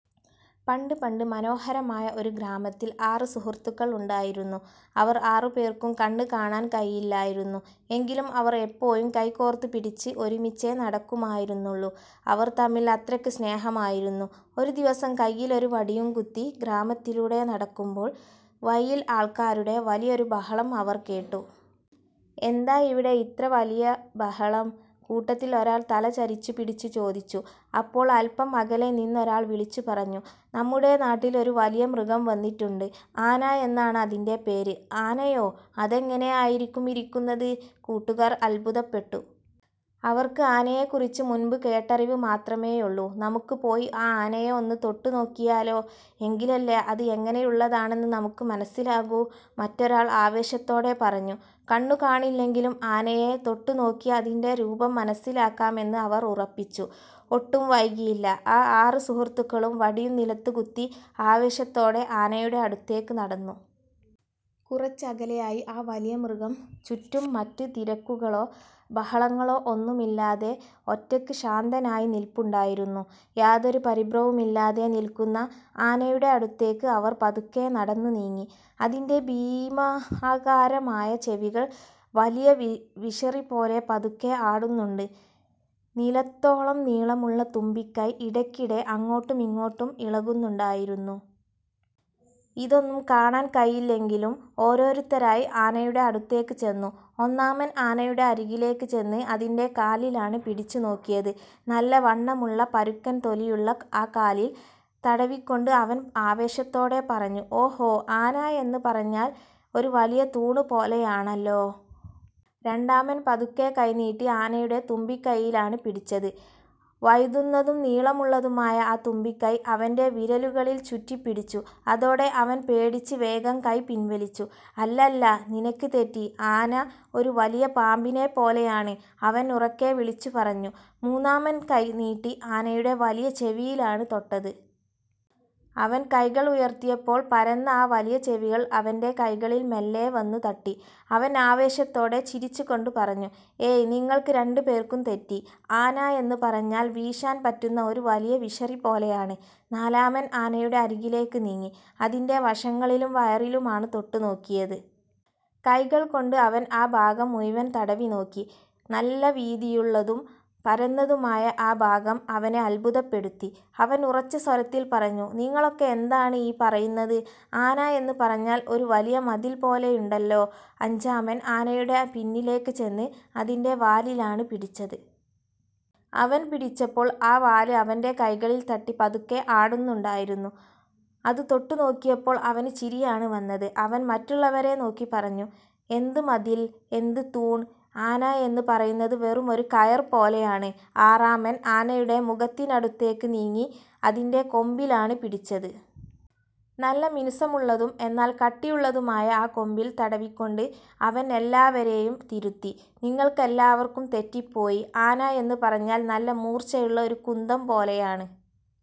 പണ്ട് പണ്ട്, മനോഹരമായ ഒരു ഗ്രാമത്തിൽ ആറ് സുഹൃത്തുക്കൾ ഉണ്ടായിരുന്നു. അവർ ആറുപേർക്കും കണ്ണ് കാണാൻ കഴിയില്ലായിരുന്നു. എങ്കിലും അവർ എപ്പോഴും കൈകോർത്ത് പിടിച്ച് ഒരുമിച്ചേ നടക്കുമായിരുന്നുള്ളൂ. അവർ തമ്മിൽ അത്രയ്ക്ക് സ്നേഹമായിരുന്നു. ഒരു ദിവസം കയ്യിലൊരു വടിയും കുത്തി ഗ്രാമത്തിലൂടെ നടക്കുമ്പോൾ, വഴിയിൽ ആൾക്കാരുടെ വലിയൊരു ബഹളം അവർ കേട്ടു. "എന്താ ഇവിടെ ഇത്ര വലിയ ബഹളം? " കൂട്ടത്തിൽ ഒരാൾ തല ചരിച്ചു പിടിച്ച് ചോദിച്ചു. അപ്പോൾ അല്പം അകലെ നിന്നൊരാൾ വിളിച്ചു പറഞ്ഞു: "നമ്മുടെ നാട്ടിലൊരു വലിയ മൃഗം വന്നിട്ടുണ്ട്. ആന എന്നാണ് അതിന്റെ പേര്! " "ആനയോ? അതെങ്ങനെ ആയിരിക്കും ഇരിക്കുന്നത്? " കൂട്ടുകാർ അത്ഭുതപ്പെട്ടു. അവർക്ക് ആനയെക്കുറിച്ച് മുൻപ് കേട്ടറിവ് മാത്രമേയുള്ളൂ. "നമുക്ക് പോയി ആ ആനയെ ഒന്ന് തൊട്ടുനോക്കിയാലോ? എങ്കിലല്ലേ അത് എങ്ങനെയുള്ളതാണെന്ന് നമുക്ക് മനസ്സിലാകൂ! " മറ്റൊരാൾ ആവേശത്തോടെ പറഞ്ഞു. കണ്ണു കാണില്ലെങ്കിലും ആനയെ തൊട്ടുനോക്കി അതിന്റെ രൂപം മനസ്സിലാക്കാമെന്ന് അവർ ഉറപ്പിച്ചു. ഒട്ടും വൈകിയില്ല, ആ ആറ് സുഹൃത്തുക്കളും വടിയും നിലത്തുകുത്തി ആവേശത്തോടെ ആനയുടെ അടുത്തേക്ക് നടന്നു. കുറച്ചകലെയായി ആ വലിയ മൃഗം ചുറ്റും മറ്റ് തിരക്കുകളോ ബഹളങ്ങളോ ഒന്നുമില്ലാതെ ഒറ്റയ്ക്ക് ശാന്തനായി നിൽപ്പുണ്ടായിരുന്നു. യാതൊരു പരിഭ്രമവുമില്ലാതെ നിൽക്കുന്ന ആനയുടെ അടുത്തേക്ക് അവർ പതുക്കെ നടന്നുനീങ്ങി. അതിന്റെ ഭീമാകാരമായ ചെവികൾ വലിയ വിശറിപോലെ പതുക്കെ ആടുന്നുണ്ട്. നിലത്തോളം നീളമുള്ള തുമ്പിക്കൈ ഇടയ്ക്കിടെ അങ്ങോട്ടും ഇങ്ങോട്ടും ഇളകുന്നുണ്ടായിരുന്നു. ഇതൊന്നും കാണാൻ കഴിയില്ലെങ്കിലും ഓരോരുത്തരായി ആനയുടെ അടുത്തേക്ക് ചെന്നു. ഒന്നാമൻ ആനയുടെ അരികിലേക്ക് ചെന്ന് അതിന്റെ കാലിലാണ് പിടിച്ചു നോക്കിയത്. നല്ല വണ്ണമുള്ള, പരുക്കൻ തൊലിയുള്ള ആ കാലിൽ തടവിക്കൊണ്ട് അവൻ ആവേശത്തോടെ പറഞ്ഞു: "ഓഹോ! ആന എന്ന് പറഞ്ഞാൽ ഒരു വലിയ തൂണ് പോലെയാണല്ലോ! " രണ്ടാമൻ പതുക്കെ കൈനീട്ടി ആനയുടെ തുമ്പിക്കൈയിലാണ് പിടിച്ചത്. വഴുതുന്നതും നീളമുള്ളതുമായ ആ തുമ്പിക്കൈ അവന്റെ വിരലുകളിൽ ചുറ്റിപ്പിടിച്ചു. അതോടെ അവൻ പേടിച്ച് വേഗം കൈ പിൻവലിച്ചു. "അല്ലല്ല, നിനക്ക് തെറ്റി! ആന ഒരു വലിയ പാമ്പിനെപ്പോലെയാണ്! " അവൻ ഉറക്കെ വിളിച്ചുപറഞ്ഞു. മൂന്നാമൻ കൈനീട്ടി ആനയുടെ വലിയ ചെവിയിലാണ് തൊട്ടത്. അവൻ കൈകൾ ഉയർത്തിയപ്പോൾ പരന്ന ആ വലിയ ചെവികൾ അവന്റെ കൈകളിൽ മെല്ലെ വന്നു തട്ടി. അവൻ ആവേശത്തോടെ ചിരിച്ചു കൊണ്ട് പറഞ്ഞു: "ഏയ്, നിങ്ങൾക്ക് രണ്ടുപേർക്കും തെറ്റി! ആന എന്ന് പറഞ്ഞാൽ വീശാൻ പറ്റുന്ന ഒരു വലിയ വിശറി പോലെയാണ്. " നാലാമൻ ആനയുടെ അരികിലേക്ക് നീങ്ങി അതിന്റെ വശങ്ങളിലും വയറിലുമാണ് തൊട്ടു നോക്കിയത്. കൈകൾ കൊണ്ട് അവൻ ആ ഭാഗം മുഴുവൻ തടവി നോക്കി. നല്ല വീതിയുള്ളതും പരന്നതുമായ ആ ഭാഗം അവനെ അത്ഭുതപ്പെടുത്തി. അവൻ ഉറച്ച സ്വരത്തിൽ പറഞ്ഞു, "നിങ്ങളൊക്കെ എന്താണ് ഈ പറയുന്നത്? ആന എന്ന് പറഞ്ഞാൽ ഒരു വലിയ മതിൽ പോലെയുണ്ടല്ലോ! " അഞ്ചാമൻ ആനയുടെ പിന്നിലേക്ക് ചെന്ന് അതിന്റെ വാലിലാണ് പിടിച്ചത്. അവൻ പിടിച്ചപ്പോൾ ആ വാല് അവന്റെ കൈകളിൽ തട്ടി പതുക്കെ ആടുന്നുണ്ടായിരുന്നു. അത് തൊട്ടുനോക്കിയപ്പോൾ അവന് ചിരിയാണ് വന്നത്. അവൻ മറ്റുള്ളവരെ നോക്കി പറഞ്ഞു, "എന്ത് മതിൽ? എന്ത് തൂണ്? ആന എന്ന് പറയുന്നത് വെറുമൊരു കയറ് പോലെയാണ്! " ആറാമൻ ആനയുടെ മുഖത്തിനടുത്തേക്ക് നീങ്ങി അതിന്റെ കൊമ്പിലാണ് പിടിച്ചത്. നല്ല മിനുസമുള്ളതും എന്നാൽ കട്ടിയുള്ളതുമായ ആ കൊമ്പിൽ തടവിക്കൊണ്ട് അവൻ എല്ലാവരെയും തിരുത്തി. "നിങ്ങൾക്കെല്ലാവർക്കും തെറ്റിപ്പോയി! ആന എന്ന് പറഞ്ഞാൽ നല്ല മൂർച്ചയുള്ള ഒരു കുന്തം പോലെയാണ്!